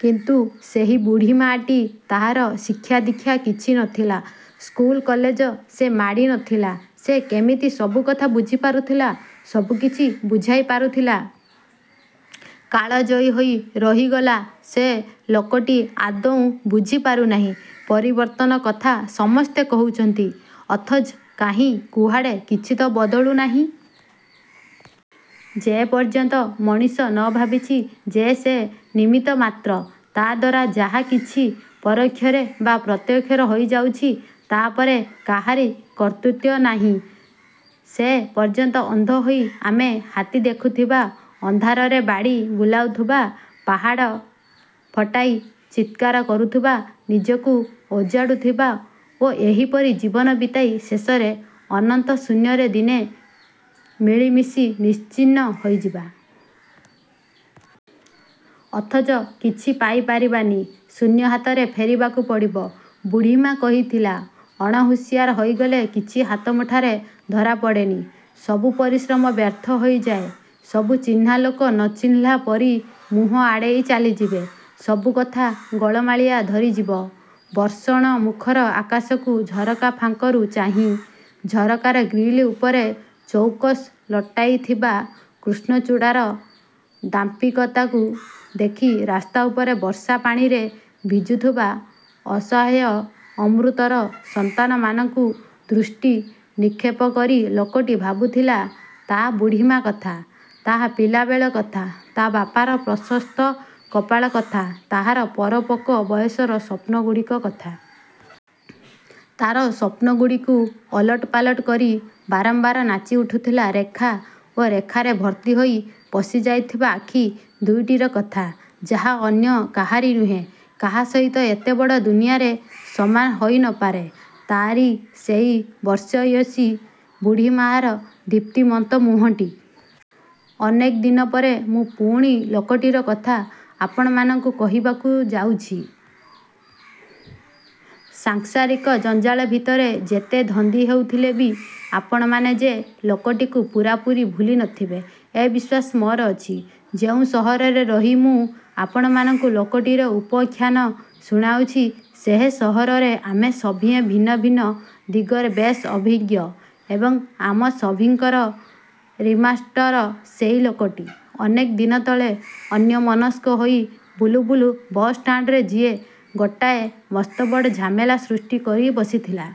କିନ୍ତୁ ସେଇ ବୁଢ଼ୀମାଟି। ତା'ର ଶିକ୍ଷାଦୀକ୍ଷା କିଛି ନଥିଲା। ସ୍କୁଲ କଲେଜ ସେ ମାଡ଼ି ନଥିଲା। ସେ କେମିତି ସବୁକଥା ବୁଝି ପାରୁଥିଲା। ସବୁକିଛି ବୁଝାଇ ପାରୁଥିଲା। କାଳଜୟୀ ହୋଇ ରହିଗଲା ସେ। ଲୋକଟି ଆଦୌ ବୁଝିପାରୁନାହିଁ, ପରିବର୍ତ୍ତନ କଥା ସମସ୍ତେ କହୁଛନ୍ତି? ଅଥଚ କାହିଁ କୁଆଡ଼େ କିଛିତି ବଦଳୁ ନାହିଁ। ଯେ ପର୍ଯ୍ୟନ୍ତ ମଣିଷ ନଭାବିଛି ଯେ ସେ ନିମିତ୍ତିମାତ୍ର। ତା'ଦ୍ୱାରା ଯାହା କିଛି ପରୋକ୍ଷରେ ବା ପ୍ରତ୍ୟକ୍ଷରେ ହୋଇଯାଉଛି, ତା' ଉପରେ କାହାରି କର୍ତ୍ତୃତ୍ୱ ନାହିଁ-ସେ ପର୍ଯ୍ୟନ୍ତ ଅନ୍ଧ ହୋଇ ଆମେ ହାତୀ ଦେଖୁଥିବା। ଅନ୍ଧାରରେ ବାଡ଼ି ବୁଲାଉଥିବା। ପାହାଡ଼ ଫଟାଇ ଚିତ୍କାର କରୁଥିବା। ନିଜକୁ ଉଜାଡ଼ୁଥିବା ଓ ଏହିପରି ଜୀବନ ବିତାଇ ଶେଷରେ ଅନନ୍ତ ଶୂନ୍ୟରେ ଦିନେ ମିଳିମିଶି ନିଶ୍ଚିହ୍ନ ହୋଇଯିବା। ଅଥଚ କିଛି ପାଇପାରିବାନି। ଶୂନ୍ୟହାତରେ ଫେରିବାକୁ ପଡ଼ିବ। ବୁଢ଼ୀମା' କହିଥିଲା, ଅଣହୁସିଆର ହୋଇଗଲେ କିଛି ହାତମୁଠାରେ ଧରା ପଡ଼େନି। ସବୁ ପରିଶ୍ରମ ବ୍ୟର୍ଥ ହୋଇଯାଏ। ସବୁ ଚିହ୍ନା ଲୋକ ନଚିହ୍ନିଲା ପରି ମୁହଁ ଆଡ଼େଇ ଚାଲିଯିବେ। ସବୁ କଥା ଗୋଳମାଳିଆ ଧରିଯିବ। ବର୍ଷଣମୁଖର ଆକାଶକୁ ଝରକା ଫାଙ୍କରୁ ଚାହିଁ, ଝରକାର ଗ୍ରିଲ ଉପରେ ଚୌକସ୍ ଲଟାଇଥିବା କୃଷ୍ଣଚୂଡ଼ାର ଦାମ୍ଭିକତାକୁ ଦେଖି ରାସ୍ତାଉପରେ ବର୍ଷା ପାଣିରେ ଭିଜୁଥିବା ଅସହାୟ ଅମୃତର ସନ୍ତାନମାନଙ୍କୁ ଦୃଷ୍ଟି ନିକ୍ଷେପକରି ଲୋକଟି ଭାବୁଥିଲା, ତା' ବୁଢ଼ୀମା କଥା, ତା' ପିଲାବେଳ କଥା, ତା' ବାପାର ପ୍ରଶସ୍ତ କପାଳ କଥା ଓ ତା'ର ପରିପକ୍ୱ ବୟସର ସ୍ୱପ୍ନଗୁଡ଼ିକ କଥା-। ତା'ର ସ୍ୱପ୍ନଗୁଡ଼ିକୁ ଓଲଟପାଲଟ କରି ବାରମ୍ବାର ନାଚି ଉଠୁଥିଲା ରେଖା ଓ ରେଖାରେ ଭର୍ତ୍ତି ହୋଇ ପଶିଯାଇଥିବା ଆଖି ଦୁଇଟିର କଥା, ଯାହା ଅନ୍ୟ କାହାରି ନୁହେଁ, କାହା ସହିତ ଏତେବଡ଼ ଦୁନିଆରେ ସମାନ ହୋଇ ନପାରେ, ତା'ରି ସେଇ ବର୍ଷିୟସୀ ବୁଢ଼ୀମାର ଦୀପ୍ତିମନ୍ତ ମୁହଁଟି-। ଅନେକ ଦିନ ପରେ ମୁଁ ପୁଣି ଲୋକଟିର କଥା ଆପଣମାନଙ୍କୁ କହିବାକୁ ଯାଉଛି। ସାଂସାରିକ ଜଞ୍ଜାଳ ଭିତରେ ଯେତେ ଧନ୍ଦି ହେଉଥିଲେ ବି ଆପଣମାନେ ଯେ ଲୋକଟିକୁ ପୂରାପୂରି ଭୁଲି ନଥିବେ, ଏ ବିଶ୍ୱାସ ମୋର ଅଛି। ଯେଉଁ ସହରରେ ରହି ମୁଁ ଆପଣମାନଙ୍କୁ ଲୋକଟିର ଉପାଖ୍ୟାନ ଶୁଣାଉଛି, ସେ ସହରରେ ଆମେ ସଭିଏଁ ଭିନ୍ନ ଭିନ୍ନ ଦିଗରେ ବେଶ୍ ଅଭିଜ୍ଞ ଏବଂ ଆମ ସଭିଙ୍କର ରିଂମାଷ୍ଟର ସେଇ ଲୋକଟି, ଅନେକ ଦିନ ତଳେ ଅନ୍ୟମନସ୍କ ହୋଇ ବୁଲୁ ବୁଲୁ ବସ୍ ଷ୍ଟାଣ୍ଡରେ ଯିଏ ଗୋଟାଏ ମସ୍ତବଡ଼ ଝାମେଲା ସୃଷ୍ଟି କରି ବସିଥିଲା।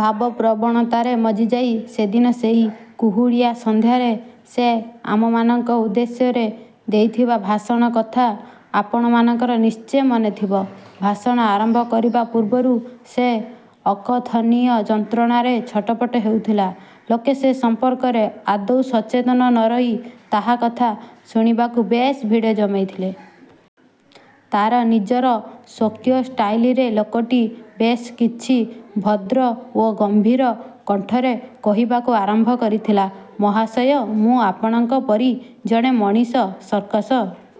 ଭାବପ୍ରବଣତାରେ ମଜ୍ଜିଯାଇ ସେଦିନ ସେଇ କୁହୁଡ଼ିଆ ସନ୍ଧ୍ୟାରେ ସେ ଆମମାନଙ୍କ ଉଦ୍ଦେଶ୍ୟରେ ଦେଇଥିବା ଭାଷଣ କଥା ଆପଣମାନଙ୍କର ନିଶ୍ଚେ ମନେଥିବ। ଭାଷଣ ଆରମ୍ଭ କରିବା ପୂର୍ବରୁ ସେ ଅକଥନୀୟ ଯନ୍ତ୍ରଣାରେ ଛଟପଟ ହେଉଥିଲା। ଲୋକେ ସେ ସମ୍ପର୍କରେ ଆଦୌ ସଚେତନ ନରହି ତା'କଥା ଶୁଣିବାକୁ ବେଶ୍ ଭିଡ଼ ଜମେଇଥିଲେ। ତା'ର ନିଜର ସ୍ୱକୀୟ ଷ୍ଟାଇଲରେ ଲୋକଟି ବେଶ୍ କିଛି ଭଦ୍ର ଓ ଗମ୍ଭୀର କଣ୍ଠରେ କହିବାକୁ ଆରମ୍ଭ କରିଥିଲା। ''ମହାଶୟ। ମୁଁ ଆପଣଙ୍କ ପରି ଜଣେ ମଣିଷ। ସର୍କସ